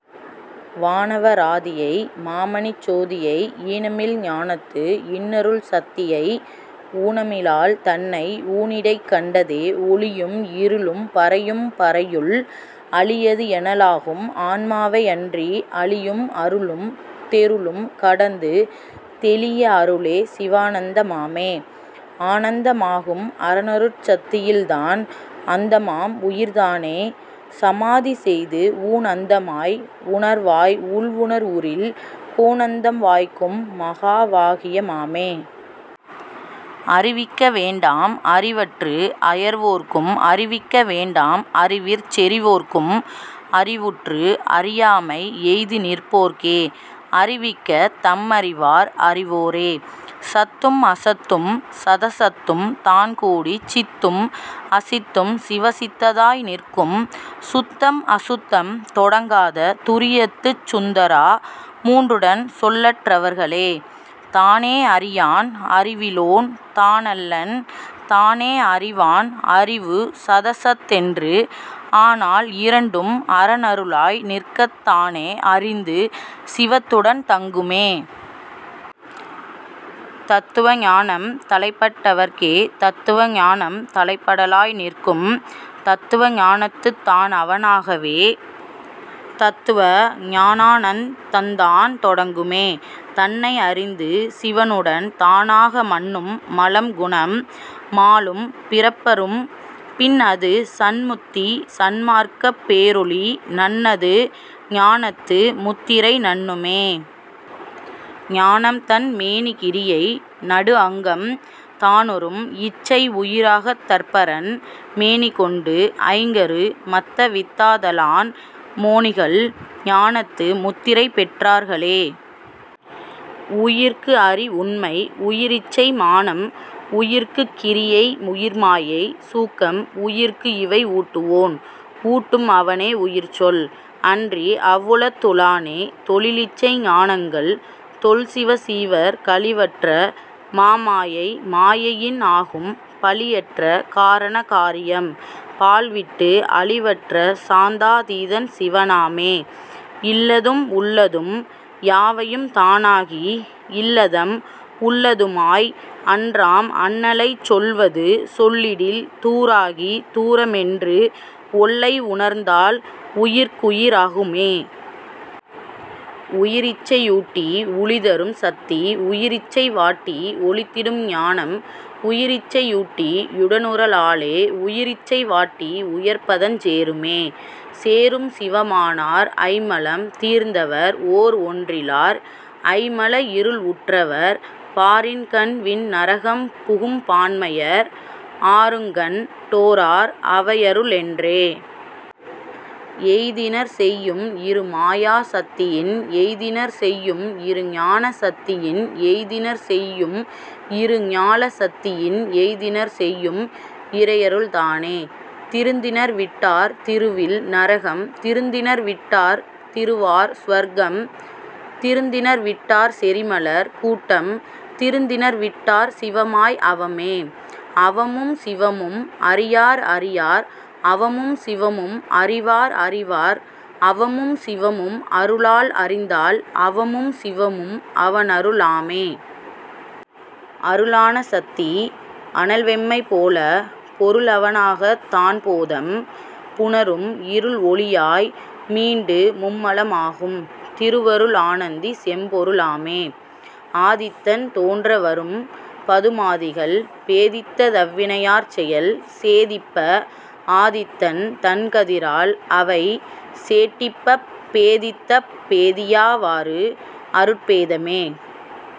வானவ ராதியை மாமணிச் சோதியை ஈனமில் ஞானத்து இன்னருள் சத்தியை ஊனமிலாள்தன்னை ஊனிடைக் கண்டதே. ஒளியும் இருளும் பரையும் பரையுள் அளியது எனலாகும் ஆன்மாவை யன்றி அளியும் அருளும் தெருளும் கடந்து தெளிய அருளே சிவானந்த மாமே. ஆனந்த மாகும் அரனருட் சத்தியில் தான் அந்த மாம்உயிர் தானே சமாதிசெய்து ஊன்அந்த மாய் உணர் வாய்உள் உணர்வுறில் கோன்அந்தம் வாய்க்கும் மகாவா கியமாமே. அறிவிக்க வேண்டாம் அறிவற்று அயர்வோர்க்கும் அறிவிக்க வேண்டாம் அறிவிற் செறிவோர்க்கும் அறிவுற்று அறியாமை எய்திநிற் போர்க்கே அறிவிக்கத் தம்அறி வார்அறி வோரே. சத்தும் அசத்தும் சதசத்தும் தான்கூடிச் சித்தும் அசித்தும் சிவசித்த தாய்நிற்கும் சுத்தம் அசுத்தம் தொடங்காத துரியத்துச் சுத்தரா மூன்றுடன் சொல்லற் றவர்களே. தானே அறியான் அறிவிலோன் தானல்லன் தானே அறிவான் அறிவு சதசத்தென்று ஆனால் இரண்டும் அரனரு ளாய்நிற்கத் தானே அறிந்து சிவத்துடன் தங்குமே. தத்துவ ஞானம் தலைப்பட் டவர்க்கே தத்துவ ஞானம் தலைப்பட லாய்நிற்கும் தத்துவ ஞானத்துத் தான்அவ னாகவே தத்துவ ஞானானந் தந்தான் தொடங்குமே. தன்னை அறிந்து சிவனுடன் தானாக மன்னும் மலம்குணம் மாளும் பிறப்பறும் பின்அது சன்முத்தி சன்மார்க்கப் பேரொளி நன்னது ஞானத்து முத்திரை நண்ணுமே. ஞானம்தன் மேனி கிரியை நடுஅங்கம் தானுறும் இச்சை உயிராகத் தற்பரன் மேனிகொண்டு ஐங்கரு மத்தவித் தாதலான் மோனிகள் ஞானத்து முத்திரை பெற் றார்களே. உயிர்க்குஅறி உண்மை உயிர்இச்சை மானம் உயிர்க்குக் கிரியை உயிர்மாயை சூக்கம் உயிர்க்குஇவை ஊட்டுவோன் ஊட்டும் அவனே உயிர்ச்சொல் அன்றி அவ்வுளத்து ளானே. தொழில்இச்சை ஞானங்கள் தொல்சிவசீவர் கழிவற்ற மாமாயை மாயையின் ஆகும் பழியற்ற காரண காரியம் பாழ்விட்டு அழிவற்ற சாந்தாதீ தன்சிவ னாமே. இல்லதும் உள்ளதும் யாவையும் தானாகி இல்லதம் உள்ளது மாய்அன்றாம் அண்ணலைச் சொல்வது சொல்லிடில் தூராகி தூரமென்று ஒல்லை உணர்ந்தால் உயிர்க்குயி ராகுமே. உயிரிச்சை யூட்டி உழிதரும் சத்தி உயிரிச்சை வாட்டி ஒழித்திடும் ஞானம் உயிரிச்சை யூட்டி யுடனுறலாலே உயிரிச்சை வாட்டி உயர்பதஞ் சேருமே. சேரும் சிவமானார் ஐம்மலம் தீர்ந்தவர் ஓர்ஒன்றி லார் ஐம் மலஇருள் உற்றவர் பாரின்கண் விண்நர கம்புகும் பான்மையர் ஆருங்கண் டோ ரார் அவையருள் என்றே. எய்தினர் செய்யும் இருமாயா சத்தியின் எய்தினர் செய்யும் இருஞான சத்தியின் எய்தினர் செய்யும் இருஞால சத்தியின் எய்தினர் செய்யும் இறையருள் தானே. திருந்தினர் விட்டார் திருவில் நரகம் திருந்தினர் விட்டார் திருவார் சுவர்க்கம் திருந்தினர் விட்டார் செறிமலர் கூட்டம் திருந்தினர் விட்டார் சிவமாய் அவமே. அவமும் சிவமும் அறியார் அறியார் அவமும் சிவமும் அறிவார் அறிவார் அவமும் சிவமும் அருளால் அறிந்தால் அவமும் சிவமும் அவனரு ளாமே. அருளான சத்தி அனல் வெம்மை போல பொருள் அவனாகத்தான் போதம் புணரும் இருள் ஒளியாய் மீண்டு மும்மல மாகும் திருவருள் ஆனந்தி செம்பொருளாமே. ஆதித்தன் தோன்ற வரும்பது மாதிகள் பேதித்த தவ்வினை யாற்செயல் சேதிப்ப ஆதித்தன் தன்கதி ரால்அவை சேட்டிப்பப் பேதித்தப் பேதியா வாறுஅருட் பேதமே.